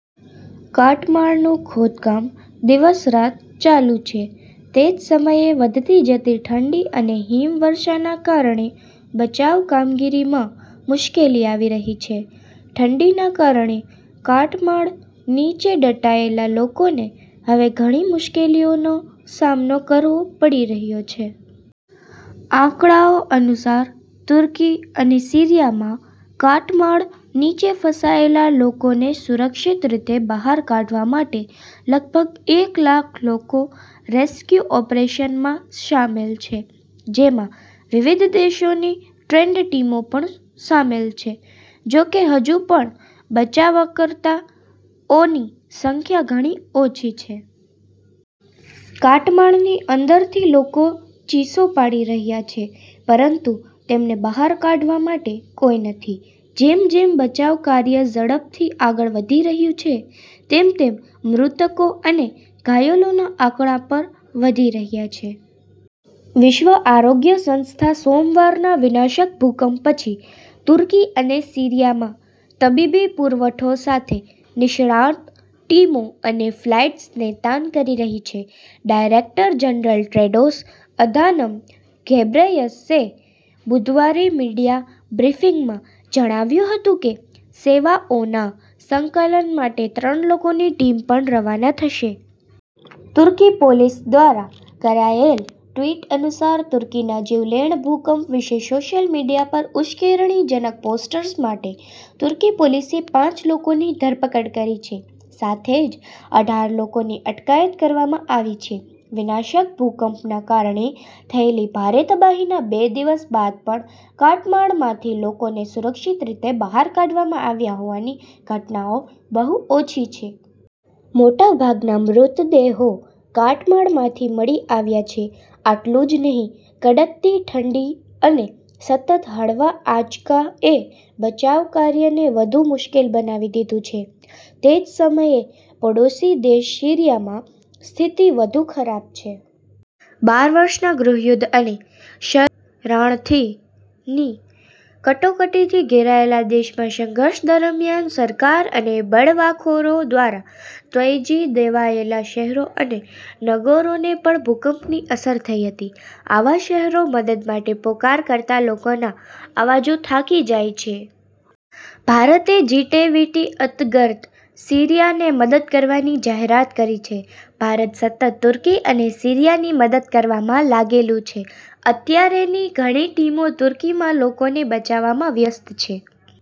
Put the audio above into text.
કાટમાળનું ખોદકામ દિવસ-રાત ચાલુ છે. તે જ સમયે વધતી જતી ઠંડી અને હિમવર્ષાના કારણે બચાવ કામગીરીમાં મુશ્કેલી આવી રહી છે. ઠંડીના કારણે કાટમાળ નીચે દટાયેલા લોકોને હવે ઘણી મુશ્કેલીઓનો સામનો કરવો પડી રહ્યો છે. આંકડાઓ અનુસાર, તુર્કી અને સીરિયામાં કાટમાળ નીચે ફસાયેલા લોકોને સુરક્ષિત રીતે બહાર કાઢવા માટે લગભગ એક લાખ લોકો રેસ્ક્યુ ઓપરેશનમાં સામેલ છે, જેમાં વિવિધ દેશોની ટ્રેન્ડ ટીમો પણ સામેલ છે. જો કે, હજુ પણ બચાવકર્તાઓની સંખ્યા ઘણી ઓછી છે. કાટમાળની અંદરથી લોકો ચીસો પાડી રહ્યા છે, પરંતુ તેમને બહાર કાઢવા માટે કોઈ નથી. જેમ જેમ બચાવ કાર્ય ઝડપથી આગળ વધી રહ્યું છે તેમ તેમ મૃતકો અને ઘાયલોના આંકડા પણ વધી રહ્યા છે. વિશ્વ આરોગ્ય સંસ્થા સોમવારના વિનાશક ભૂકંપ પછી તુર્કી અને સીરિયામાં તબીબી પુરવઠો સાથે નિષ્ણાત ટીમો અને ફ્લાઇટ્સ તૈનાત કરી રહી છે. ડાયરેક્ટર-જનરલ ટેડ્રોસ અધાનમ ઘેબ્રેયસસે બુધવારે મીડિયા બ્રીફિંગમાં જણાવ્યું હતું કે સેવાઓના સંકલન માટે ત્રણ લોકોની ટીમ પણ રવાના થશે. તુર્કી પોલીસ દ્વારા કરાયેલ ટ્વિટ અનુસાર, તુર્કીના જીવલેણ ભૂકંપ વિશે સોશિયલ મીડિયા પર 'ઉશ્કેરણીજનક પોસ્ટ્સ' માટે તુર્કી પોલીસે પાંચ લોકોની ધરપકડ કરી છે. સાથે જ અઢાર લોકોની અટકાયત કરવામાં આવી છે. વિનાશક ભૂકંપના કારણે થયેલી ભારે તબાહીના બે દિવસ બાદ પણ કાટમાળમાંથી લોકોને સુરક્ષિત રીતે બહાર કાઢવામાં આવ્યા હોવાની ઘટનાઓ બહુ ઓછી છે. મોટા ભાગના મૃતદેહો કાટમાળમાંથી મળી આવ્યા છે. આટલું જ નહીં, કડકડતી ઠંડી અને સતત હળવા આંચકા એ બચાવ કાર્યને વધુ મુશ્કેલ બનાવી દીધું છે. તે જ સમયે, પડોશી દેશ સીરિયામાં સ્થિતિ વધુ ખરાબ છે. બાર વર્ષના ગૃહયુદ્ધ અને શરણાર્થીની કટોકટીથી ઘેરાયેલા દેશમાં સંઘર્ષ દરમિયાન સરકાર અને બળવાખોરો દ્વારા ત્યજી દેવાયેલા શહેરો અને નગરોને પણ ભૂકંપની અસર થઈ હતી. આવા શહેરો મદદ માટે પોકાર કરતા લોકોના અવાજો થાકી જાય છે. ભારતે જી-ટ્વેંટી અંતર્ગત સીરિયાને મદદ કરવાની જાહેરાત કરી છે। ભારત સતત તુર્કી અને સીરિયાની મદદ કરવામાં લાગેલું છે. અત્યારે ની ઘણી ટીમો તુર્કીમાં લોકોને બચાવવામાં વ્યસ્ત છે.